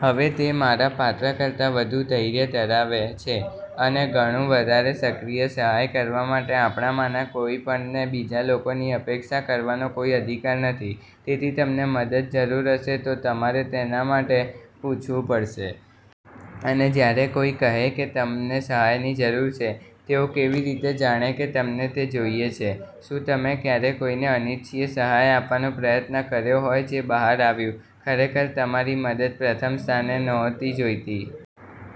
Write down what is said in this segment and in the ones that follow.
હવે, તે મારા પાત્ર કરતાં વધુ ધૈર્ય ધરાવે છે અને ઘણું વધારે સક્રિય, સહાય કરવા માટે આપણામાંના કોઈપણને બીજા લોકોની અપેક્ષા કરવાનો કોઈ અધિકાર નથી. તેથી તમને મદદની જરૂર હશે તો તમારે તેના માટે પૂછવું પડશે. અને જ્યારે કોઈ કહે કે તમને સહાયની જરૂર છે, તેઓ કેવી રીતે જાણે કે તમને તે જોઈએ છે? શું તમે ક્યારેય કોઈને અનિચ્છનીય સહાય આપવાનો પ્રયત્ન કર્યો હોય જે બહાર આવ્યું, ખરેખર તમારી મદદ પ્રથમ સ્થાને નહોતી જોઈતી?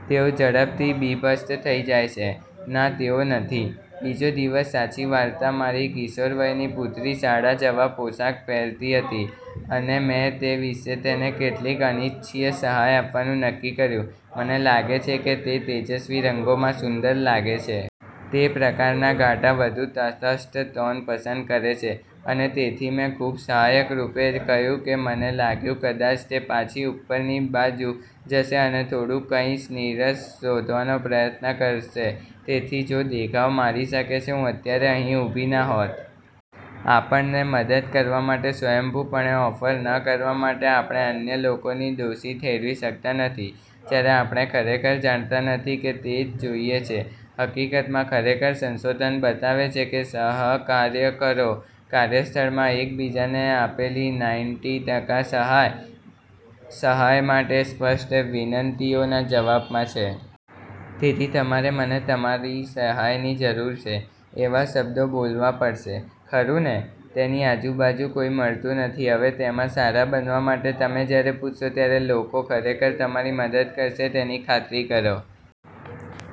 તેઓ ઝડપથી બીભત્સ થઈ જાય છે. ના તેઓ નથી? બીજો દિવસ સાચી વાર્તા મારી કિશોરવયની પુત્રી શાળા જવા પોશાક પહેરતી હતી અને મેં તે વિશે તેને કેટલીક અનિચ્છનીય સહાય આપવાનું નક્કી કર્યું. મને લાગે છે કે તે તેજસ્વી રંગોમાં સુંદર લાગે છે. તે પ્રકારના ઘાટા વધુ તટસ્થ ટોન પસંદ કરે છે અને તેથી મેં ખૂબ સહાયક રૂપે કહ્યું કે મને લાગ્યું કદાચ તે પાછી ઉપરની બાજુ જશે અને થોડું કંઈક નીરસ શોધવાનો પ્રયત્ન કરશે. તેથી, જો દેખાવ મારી શકે છે, હું અત્યારે અહીં ઊભી ના હોત. આપણને મદદ કરવા માટે સ્વયંભૂપણે ઓફર ન કરવા માટે આપણે અન્ય લોકોને દોષી ઠેરવી શકતા નથી જ્યારે આપણે ખરેખર જાણતા નથી કે તે જ જોઈએ છે. હકીકતમાં, ખરેખર, સંશોધન બતાવે છે કે સહકાર્યકરો કાર્યસ્થળમાં એક બીજાને આપેલી નાઈન્ટી ટકા સહાય સહાય માટે સ્પષ્ટ વિનંતીઓના જવાબમાં છે. તેથી તમારે "મને તમારી સહાયની જરૂર છે" એવા શબ્દો બોલવા પડશે. ખરું ને? તેની આજુબાજુ કોઈ મળતું નથી. હવે, તેમાં સારા બનવા માટે તમે જ્યારે પૂછશો ત્યારે લોકો ખરેખર તમારી મદદ કરશે, તેની ખાતરી કરો.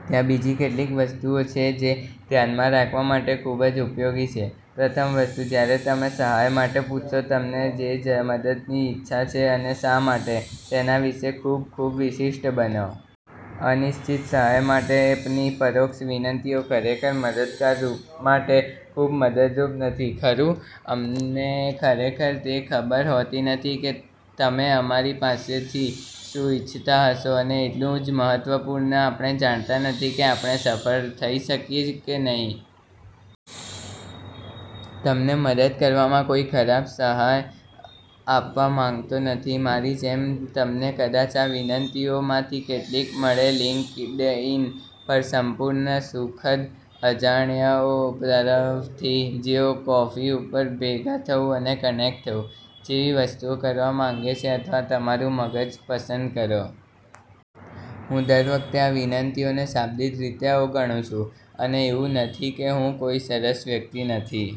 ત્યાં બીજી કેટલીક વસ્તુઓ છે જે ધ્યાનમાં રાખવા માટે ખૂબ જ ઉપયોગી છે. પ્રથમ વસ્તુ, જ્યારે તમે સહાય માટે પૂછશો, તમને જે મદદની ઇચ્છા છે અને શા માટે, તેના વિશે ખૂબ, ખૂબ વિશિષ્ટ બનો. અનિશ્ચિત, સહાય માટેની પરોક્ષ વિનંતીઓ ખરેખર મદદગાર માટે ખૂબ મદદરૂપ નથી, ખરું? અમને ખરેખર તે ખબર હોતી નથી કે તમે અમારી પાસેથી શું ઇચ્છતા હશો અને એટલું જ મહત્વપૂર્ણ, આપણે જાણતા નથી કે આપણે સફળ થઈ શકીએ કે નહીં. તમને મદદ કરવામાં કોઈ ખરાબ સહાય આપવા માંગતો નથી. મારી જેમ તમને કદાચ આ વિનંતીઓમાંથી કેટલીક મળે લિંક્ડઇન પર સંપૂર્ણ સુખદ અજાણ્યાઓ તરફથી જેઓ "કોફી ઉપર ભેગા થવું અને કનેક્ટ થવું" જેવી વસ્તુઓ કરવા માંગે છે અથવા "તમારું મગજ પસંદ કરો." હું દર વખતે આ વિનંતીઓને શાબ્દિક રીતે અવગણું છું. અને એવું નથી કે હું કોઈ સરસ વ્યક્તિ નથી.